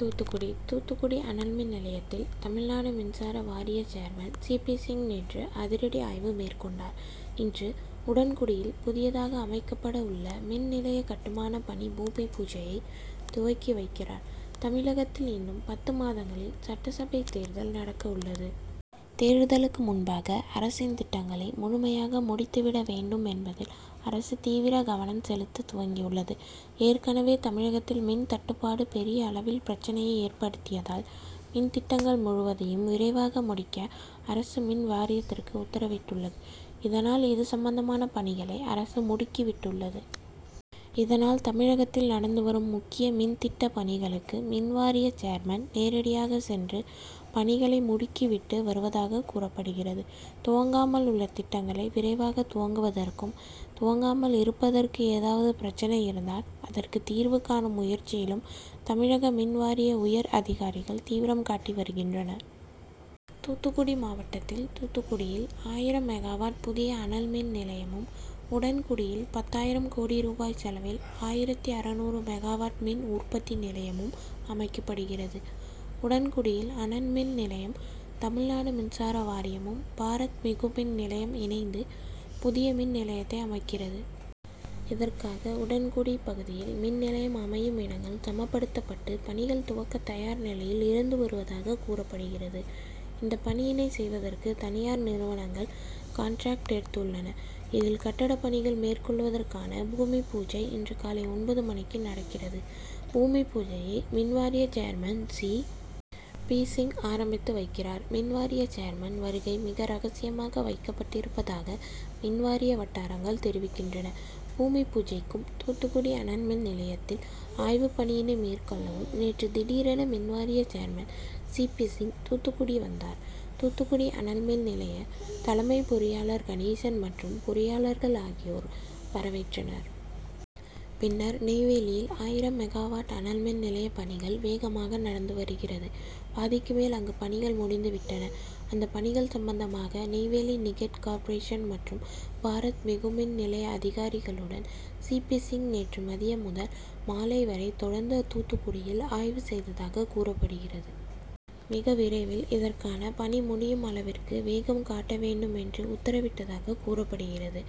தூத்துக்குடி தூத்துக்குடி அனல்மின் நிலையத்தில் தமிழ்நாடு மின்சார வாரிய சேர்மன் சி. பி சிங் நேற்று அதிரடி ஆய்வு மேற்கொண்டார். இன்று உடன்குடியில் புதியதாக அமைக்கப்பட உள்ள மின் நிலைய கட்டுமான பணி பூமிபூஜையை துவக்கி வைக்கிறார். தமிழகத்தில் இன்னும் பத்து மாதங்களில் சட்டசபை தேர்தல் நடக்க உள்ளது. தேர்தலுக்கு முன்பாக அரசின் திட்டங்களை முழுமையாக முடித்து விட வேண்டும் என்பதில் அரசு தீவிர கவனம் செலுத்த துவங்கியுள்ளது. ஏற்கனவே தமிழகத்தில் மின் தட்டுப்பாடு பெரிய அளவில் பிரச்னையை ஏற்படுத்தியதால் மின் திட்டங்கள் முழுவதையும் விரைவாக முடிக்க அரசு மின்வாரியத்திற்கு உத்தரவிட்டுள்ளது. இதனால் இது சம்பந்தமான பணிகளை அரசு முடுக்கி விட்டுள்ளது. இதனால் தமிழகத்தில் நடந்து வரும் முக்கிய மின் திட்ட பணிகளுக்கு மின்வாரிய சேர்மன் நேரடியாக சென்று பணிகளை முடுக்கி விட்டு வருவதாக கூறப்படுகிறது. துவங்காமல் உள்ள திட்டங்களை விரைவாக துவக்குவதற்கும், துவங்காமல் இருப்பதற்கு ஏதாவது பிரச்னை இருந்தால் அதற்கு தீர்வு காணும் முயற்சியிலும் தமிழக மின் வாரிய உயர் அதிகாரிகள் தீவிரம் காட்டி வருகின்றனர். தூத்துக்குடி மாவட்டத்தில் தூத்துக்குடியில் ஆயிரம் மெகாவாட் புதிய அனல் மின் நிலையமும், உடன்குடியில் பத்தாயிரம் கோடி ரூபாய் செலவில் ஆயிரத்து அறுநூறு மெகாவாட் மின் உற்பத்தி நிலையமும் அமைக்கப்படுகிறது. உடன்குடியில் அனல்மின் நிலையம் தமிழ்நாடு மின்சார வாரியமும், பாரத் மிகுமின் நிலையம் இணைந்து புதிய மின் நிலையத்தை அமைக்கிறது. இதற்காக உடன்குடி பகுதியில் மின் நிலையம் அமையும் இடங்கள் சமப்படுத்தப்பட்டு பணிகள் துவக்க தயார் நிலையில் இருந்து வருவதாக கூறப்படுகிறது. இந்த பணியினை செய்வதற்கு தனியார் நிறுவனங்கள் காண்டிராக்ட் எடுத்துள்ளன. இதில் கட்டட பணிகள் மேற்கொள்வதற்கான பூமிபூஜை இன்று காலை ஒன்பது மணிக்கு நடக்கிறது. பூமிபூஜையை மின்வாரிய சேர்மன் சி. பி. சிங் ஆரம்பித்து வைக்கிறார். மின்வாரிய சேர்மன் வருகை மிக ரகசியமாக வைக்கப்பட்டிருப்பதாக மின்வாரிய வட்டாரங்கள் தெரிவிக்கின்றன. பூமிபூஜைக்கும், தூத்துக்குடி அனல்மின் நிலையத்தில் ஆய்வு பணியினை மேற்கொள்ளவும் நேற்று திடீரென மின்வாரிய chairman C. P. Singh Thoothukudi வந்தார். தூத்துக்குடி அனல்மின் நிலைய தலைமை பொறியாளர் கணேசன் மற்றும் பொறியாளர்கள் ஆகியோர் வரவேற்றனர். பின்னர் நெய்வேலியில் ஆயிரம் மெகாவாட் அனல்மின் நிலைய பணிகள் வேகமாக நடந்து வருகிறது. பாதிக்கு மேல் அங்கு பணிகள் முடிந்து விட்டன. அந்த பணிகள் சம்பந்தமாக நெய்வேலி நிக்கெட் கார்ப்ரேஷன் மற்றும் பாரத் மிகு மின் நிலைய அதிகாரிகளுடன் சி. பி. சிங் நேற்று மதியம் முதல் மாலை வரை தொடர்ந்து தூத்துக்குடியில் ஆய்வு செய்ததாக கூறப்படுகிறது. மிக விரைவில் இதற்கான பணி முடியும் அளவிற்கு வேகம் காட்ட வேண்டும் என்று உத்தரவிட்டதாக கூறப்படுகிறது.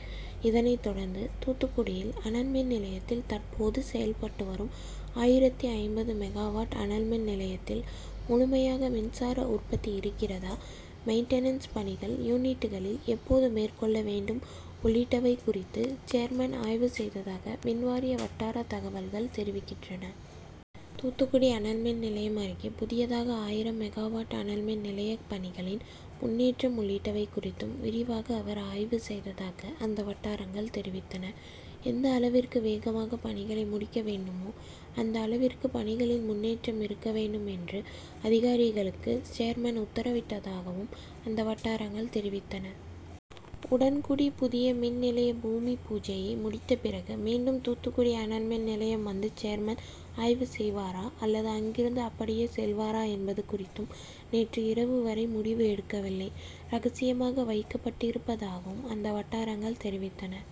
இதனை தொடர்ந்து தூத்துக்குடியில் அனல்மின்நிலையத்தில் தற்போது செயல்பட்டு வரும் ஆயிரத்தி ஐம்பது மெகாவாட் அனல்மின் நிலையத்தில் முழுமையாக மின்சார உற்பத்தி இருக்கிறதா, மெயின்டன்ஸ் பணிகள் யூனிட்களில் எப்போது மேற்கொள்ள வேண்டும் உள்ளிட்டவை குறித்து சேர்மன் ஆய்வு செய்ததாக மின்வாரிய வட்டார தகவல்கள் தெரிவிக்கின்றன. தூத்துக்குடி அனல்மின் நிலையம் அருகே புதியதாக ஆயிரம் மெகாவாட் அனல்மின் நிலைய பணிகளின் முன்னேற்றம் உள்ளிட்டவை குறித்தும் விரிவாக அவர் ஆய்வு செய்ததாகவும் அந்த வட்டாரங்கள் தெரிவித்தன. எந்த அளவிற்கு வேகமாக பணிகளை முடிக்க வேண்டுமோ அந்த அளவிற்கு பணிகளில் முன்னேற்றம் இருக்க வேண்டும் என்று அதிகாரிகளுக்கு சேர்மன் உத்தரவிட்டதாகவும் அந்த வட்டாரங்கள் தெரிவித்தன. உடன்குடி புதிய மின் நிலைய பூமிபூஜையை முடித்த பிறகு மீண்டும் தூத்துக்குடி அனல்மின் நிலையம் வந்து சேர்மன் ஆய்வு செய்வாரா அல்லது அங்கிருந்து அப்படியே செல்வாரா என்பது குறித்தும் நேற்று இரவு வரை முடிவு எடுக்கவில்லை. ரகசியமாக வைக்கப்பட்டிருப்பதாகவும் அந்த வட்டாரங்கள் தெரிவித்தன.